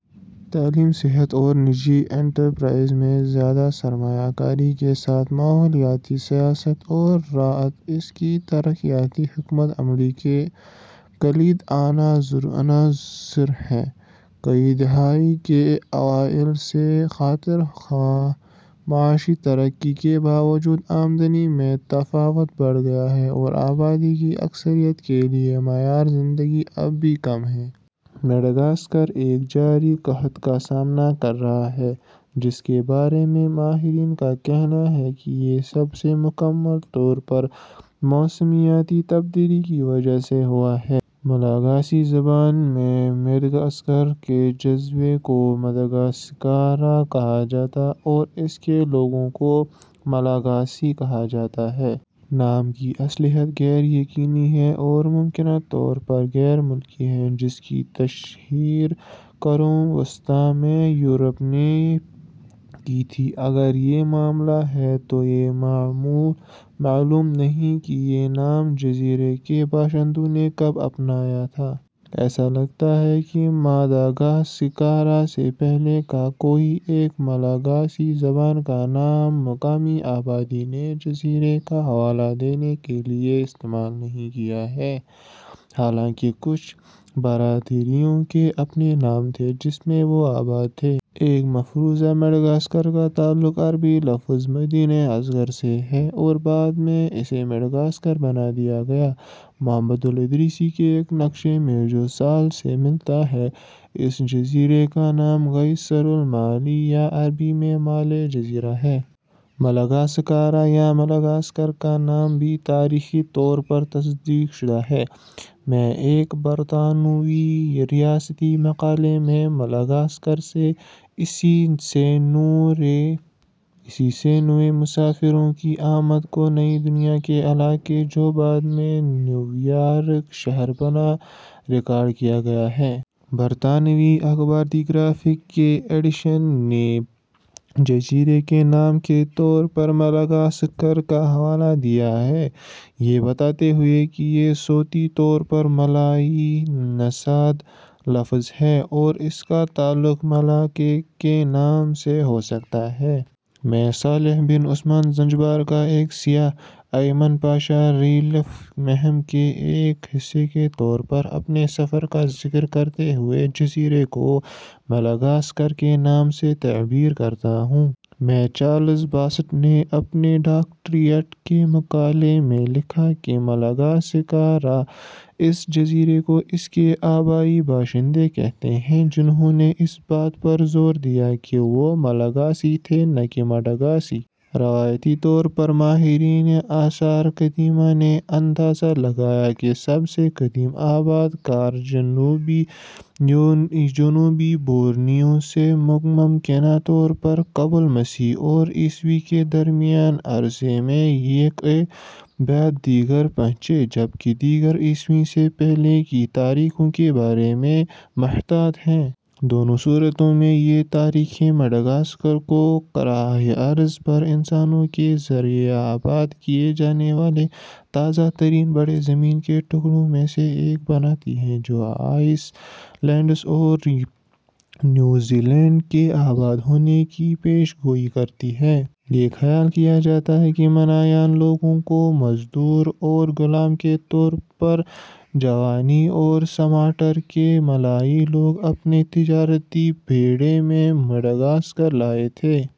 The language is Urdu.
تعلیم، صحت اور نجی انٹرپرائز میں زیادہ سرمایہ کاری کے ساتھ ماحولیاتی سیاحت اور زراعت اس کی ترقیاتی حکمت عملی کے کلیدی عناصر ہیں۔ کی دہائی کے اوائل سے خاطر خواہ معاشی ترقی کے باوجود، آمدنی میں تفاوت بڑھ گیا ہے اور آبادی کی اکثریت کے لیے معیار زندگی اب بھی کم ہے۔ مڈغاسکر ایک جاری قحط کا سامنا کر رہا ہے، جس کے بارے میں ماہرین کا کہنا ہے کہ یہ سب مکمل طور پر موسمیاتی تبدیلی کی وجہ سے ہوا ہے۔ ملاگاسی زبان میں، مڈغاسکر کے جزیرے کو مداگاسیکارا کہا جاتا ہے اور اس کے لوگوں کو ملاگاسی کہا جاتا ہے۔ نام کی اصلیت غیر یقینی ہے اور ممکنہ طور پر غیر ملکی ہے، جس کی تشہیر قرون وسطیٰ میں یورپیوں نے کی تھی۔ اگر یہ معاملہ ہے، تو یہ معلوم نہیں ہے کہ یہ نام جزیرے کے باشندوں نے کب اپنایا تھا۔ ایسا لگتا ہے کہ ماداگاسیکارا سے پہلے کا کوئی ایک ملاگاسی زبان کا نام مقامی آبادی نے جزیرے کا حوالہ دینے کے لیے استعمال نہیں کیا ہے، حالانکہ کچھ برادریوں کے اپنے نام تھے جس میں وہ آباد تھے۔ ایک مفروضہ مڈغاسکر کا تعلق عربی لفظ "مدینہ اصغر" سے ہے اور بعد میں اسے مڈغاسکر بنا دیا گیا۔ محمد الادریسی کے ایک نقشے میں جو سال سے ملتا ہے، اس جزیرے کا نام گیسرا مالائی یا عربی میں "مالے جزیرہ" ہے۔ ملاگاسکارا یا ملاگاسکر کا نام بھی تاریخی طور پر تصدیق شدہ ہے۔ میں ایک برطانوی ریاستی مقالے میں "مالگاسکر" سے اسّی سے نوے مسافروں کی آمد کو نئی دنیا کے علاقے، جو بعد میں نیویارک شہر بنا، میں ریکارڈ کیا گیا ہے۔ برطانوی اخبار دی گرافک کے کے ایڈیشن نے جزیرے کے نام کے طور پر "ملاگاسکر" کا حوالہ دیا، یہ بتاتے ہوئے کہ یہ صوتی طور پر مالائی نژاد لفظ ہے اور اس کا تعلق ملاکا کے نام سے ہو سکتا ہے۔ میں، صالح بن عثمان، زنجبار کا ایک سیاح، ایمن پاشا ریلیف مہم کے ایک حصے کے طور پر، اپنے سفر کا ذکر کرتے ہوئے جزیرے کو "مالاگاسکر" کے نام سے تعبیر کرتا ہے۔ میں، چارلس باسیٹ نے اپنے ڈاکٹریٹ کے مقالے میں لکھا کہ ملاگاسیکارا اس جزیرے کو اس کے آبائی باشندے کہتے ہیں، جنھوں نے اس بات پر زور دیا کہ وہ مالاگاسی تھے، نہ کہ مڈاگاسی۔ روایتی طور پر، ماہرین آثار قدیمہ نے اندازہ لگایا ہے کہ سب سے قدیم آباد کار جنوبی بورنیو سے ممکنہ طور پر قبل مسیح اور عیسوی کے درمیانی عرصے میں یکے بعد دیگرے پہنچے، جبکہ دیگر عیسوی سے پہلے کی تاریخوں کے بارے میں محتاط ہیں۔ دونوں صورتوں میں، یہ تاریخیں مڈغاسکر کو کرۂ ارض پر انسانوں کے ذریعہ آباد کیے جانے والے تازہ ترین بڑے زمین کے ٹکڑوں میں سے ایک بناتی ہیں، جو آئس لینڈ اور نیوزی لینڈ کے آباد ہونے کی پیش گوئی کرتی ہیں۔ یہ خیال کیا جاتا ہے کہ مانایان لوگوں کو مزدور اور غلام کے طور پر جاوانی اور سماٹرا کے ملائی لوگ اپنے تجارتی بیڑے میں مڈغاسکر لائے تھے۔